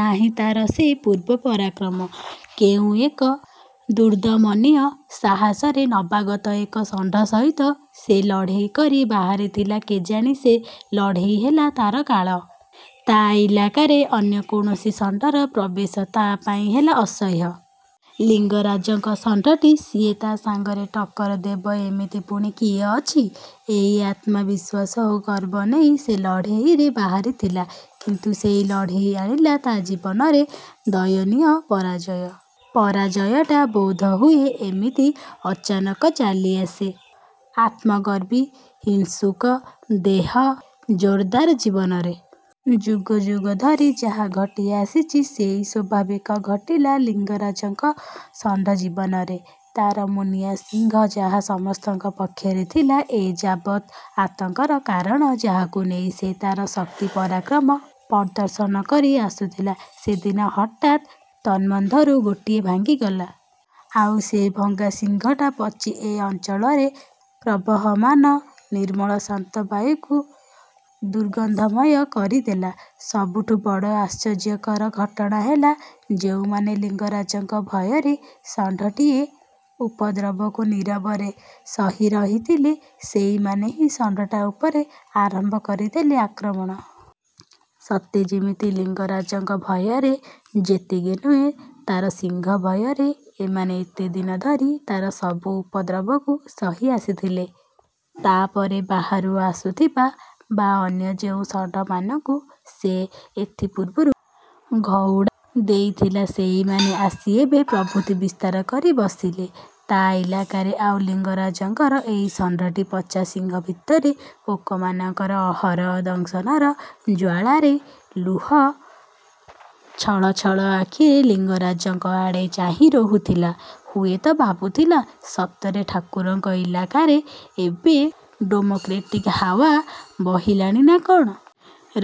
ନାହିଁ ତା'ର ସେ ପୂର୍ବ ପରାକ୍ରମ। କେଉଁ ଏକ ଦୁର୍ଦ୍ଦମନୀୟ ସାହସରେ ନବାଗତ ଏକ ଷଣ୍ଢ ସହିତ ସେ ଲଢ଼େଇ କରି ବାହାରିଥିଲା କେଜାଣି ସେ ଲଢ଼େଇ ହେଲା ତା'ର କାଳ। ତା' ଇଲାକାରେ ଅନ୍ୟ କୌଣସି ଷଣ୍ଢର ପ୍ରବେଶ ତା' ପାଇଁ ହେଲା ଅସହ୍ୟ। ଲିଙ୍ଗରାଜଙ୍କ ଷଣ୍ଢଟି ସିଏ ତା' ସାଙ୍ଗରେ ଟକ୍କର ଦେବ-ଏମିତି ପୁଣି କିଏ ଅଛି? ଏଇ ଆତ୍ମ ବିଶ୍ୱାସ ଓ ଗର୍ବ ନେଇ ସେ ଲଢ଼େଇରେ ବାହାରି ଥିଲା; କିନ୍ତୁ ସେଇ ଲଢ଼େଇ ଆଣିଲା ତା' ଜୀବନରେ ଦୟନୀୟ ପରାଜୟ। ପରାଜୟଟା ବୋଧହୁଏ ଏମିତି ଅଚାନକ ଚାଲି ଆସେ ଆତ୍ମଗର୍ବୀ, ହିଂସୁକ ଦେହ ଜୋର୍ଦାର୍ ଜୀବନରେ। ଯୁଗଯୁଗଧରି ଯାହା ଘଟି ଆସିଛି, ସେଇ ସ୍ଵାଭାବିକ ଘଟିଲା ଲିଙ୍ଗରାଜଙ୍କ ଷଣ୍ଢ ଜୀବନରେ। ତା'ର ମୁନିଆ ଶିଙ୍ଗ ଯାହା ସମସ୍ତଙ୍କ ପକ୍ଷରେ ଥିଲା ଏ ଯାବତ୍ ଆତଙ୍କର କାରଣ, ଯାହାକୁ ନେଇ ସେ ତା'ର ଶକ୍ତି, ପରାକ୍ରମ ପ୍ରଦର୍ଶନ କରି ଆସୁଥିଲା ସେଦିନ ହଠାତ୍ ତନ୍ମଧ୍ୟରୁ ଗୋଟିଏ ଭାଙ୍ଗିଗଲା। ଆଉ ସେଇ ଭଙ୍ଗା ଶିଙ୍ଗଟା ପଚି ଏ ଅଞ୍ଚଳରେ ପ୍ରବହମାନ ନିର୍ମଳ ଶାନ୍ତ ବାୟୁକୁ ଦୂର୍ଗନ୍ଧମୟ କରି ଦେଲା। ସବୁଠୁଁ ବଡ଼ ଆଶ୍ଚର୍ଯ୍ୟକର ଘଟଣା ହେଲା ଯେଉଁମାନେ ଲିଙ୍ଗରାଜଙ୍କ ଭୟରେ ଷଣ୍ଢଟିର ଉପଦ୍ରବକୁ ନୀରବରେ ସହି ରହିଥିଲେ ସେଇମାନେ ହିଁ ଷଣ୍ଢଟା ଉପରେ ଆରମ୍ଭ କରିଦେଲେ ଆକ୍ରମଣ। ସତେ ଯେମିତି ଲିଙ୍ଗରାଜଙ୍କ ଭୟରେ ଯେତିକି ନୁହେଁ, ତା'ର ଶିଙ୍ଗ ଭୟରେ ଏମାନେ ଏତେ ଦିନ ଧରି ତା'ର ସବୁ ଉପଦ୍ରବକୁ ସହି ଆସିଥିଲେ। ତା'ପରେ ବାହାରୁ ଆସୁଥିବା ବା ଅନ୍ୟ ଯେଉଁ ଷଣ୍ଢମାନଙ୍କୁ ସେ ଏଥି ପୂର୍ବରୁ ଘଉଡ଼ାଇ ଦେଇଥିଲା ସେଇମାନେ ଆସି ଏବେ ପ୍ରଭୂତ୍ଵ ବିସ୍ତାର କରି ବସିଲେ ତା' ଇଲାକାରେ, ଆଉ ଲିଙ୍ଗରାଜଙ୍କର ଏଇ ଷଣ୍ଢଟି ପଚା ଶିଙ୍ଗ ଭିତରେ, ପୋକମାନଙ୍କର ଅହରହ ଦଂଶନର ଜ୍ୱାଳାରେ ଲୁହ ଛଳଛଳ ଆଖିରେ ଲିଙ୍ଗରାଜଙ୍କ ଆଡ଼େ ଚାହିଁ ରହୁଥିଲା-ହୁଏତ ଭାବୁଥିଲା, ସତରେ ଠାକୁରଙ୍କ ଇଲାକାରେ ଏବେ ଡେମୋକ୍ରେଟିକ୍ ହାଓ୍ଵା ବହିଲାଣି ନା କ'ଣ?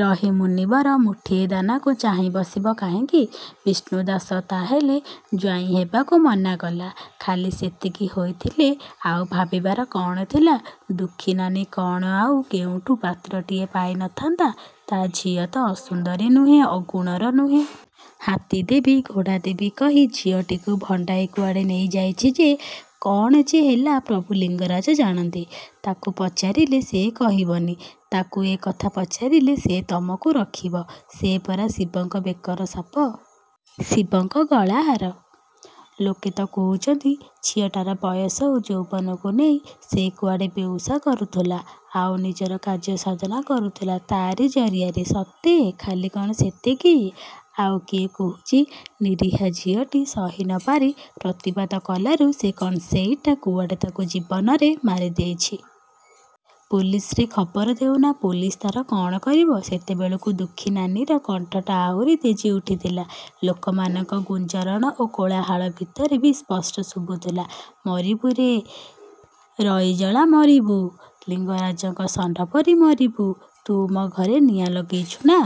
ରହି ମୁନିବର ମୁଠିଏ ଦାନାକୁ ଚାହିଁ ବସିବ କାହିଁକି? 'ବିଷ୍ଣୁ ଦାସ ତା'ହେଲେ ଜ୍ୱାଇଁ ହେବାକୁ ମନା କଲା? ଖାଲି ସେତିକି ହୋଇଥିଲେ ଆଉ ଭାବିବାର କ'ଣ ଥିଲା? ଦୁଃଖୀନାନୀ କ'ଣ ଆଉ କେଉଁଠୁ ପାତ୍ରଟିଏ ପାଇ ନ ଥାନ୍ତା? ତା' ଝିଅ ତ ଅସୁନ୍ଦରୀ ନୁହେଁ, ଅଗୁଣର ନୁହେଁ। ହାତୀ ଦେବି, ଘୋଡ଼ା ଦେବି, କହି ଝିଅଟିକୁ ଭଣ୍ଡାଇ କୁଆଡ଼େ ନେଇ ଯାଇଛି ଯେ କ'ଣ ଯେ ହେଲା ପ୍ରଭୁ ଲିଙ୍ଗରାଜ ଜାଣନ୍ତି। ତାକୁ ପଚାରିଲେ ସେ କହିବନି? ତାକୁ ଏ କଥା ପଚାରିଲେ ସେ ତମକୁ ରଖିବ? ସେ ପରା ଶିବଙ୍କ ବେକର ସାପ। ଶିବଙ୍କ ଗଳାହାର। ଲୋକେ ତ କହୁଛନ୍ତି ଝିଅଟାର ବୟସ ଓ ଯୌବନକୁ ନେଇ ସେ କୁଆଡ଼େ ବେଉସା କରୁଥିଲା ଆଉ ନିଜର କାର୍ଯ୍ୟ ସାଧନ କରୁଥିଲା ତା'ରି ଜରିଆରେ। ସତେ? ଖାଲି କ'ଣ ସେତିକି? ଆଉ କିଏ କହୁଛି ନିରୀହା ଝିଅଟି ସହି ନପାରି ପ୍ରତିବାଦ କଲାରୁ ସେ କଂସେଇଟା କୁଆଡ଼େ ତାକୁ ଜୀବନରେ ମାରିଦେଇଛି। ପୋଲିସରେ ଖବର ଦେଉନା? ପୋଲିସ ତା'ର କ'ଣ କରିବ? ସେତେବେଳକୁ ଦୁଃଖୀନାନୀର କଣ୍ଠଟା ଆହୁରି ତେଜି ଉଠିଥିଲା। ଲୋକମାନଙ୍କ ଗୁଞ୍ଜରଣ ଓ କୋଳାହଳ ଭିତରେ ବି ସ୍ପଷ୍ଟ ଶୁଭୁଥିଲା-ମରିବୁରେ ରଇଜଳା, ମରିବୁ। ଲିଙ୍ଗରାଜଙ୍କ ଷଣ୍ଢ ପରି ମରିବୁ। ତୁ ମୋ' ଘରେ ନିଆଁ ଲଗେଇଛୁ ନା।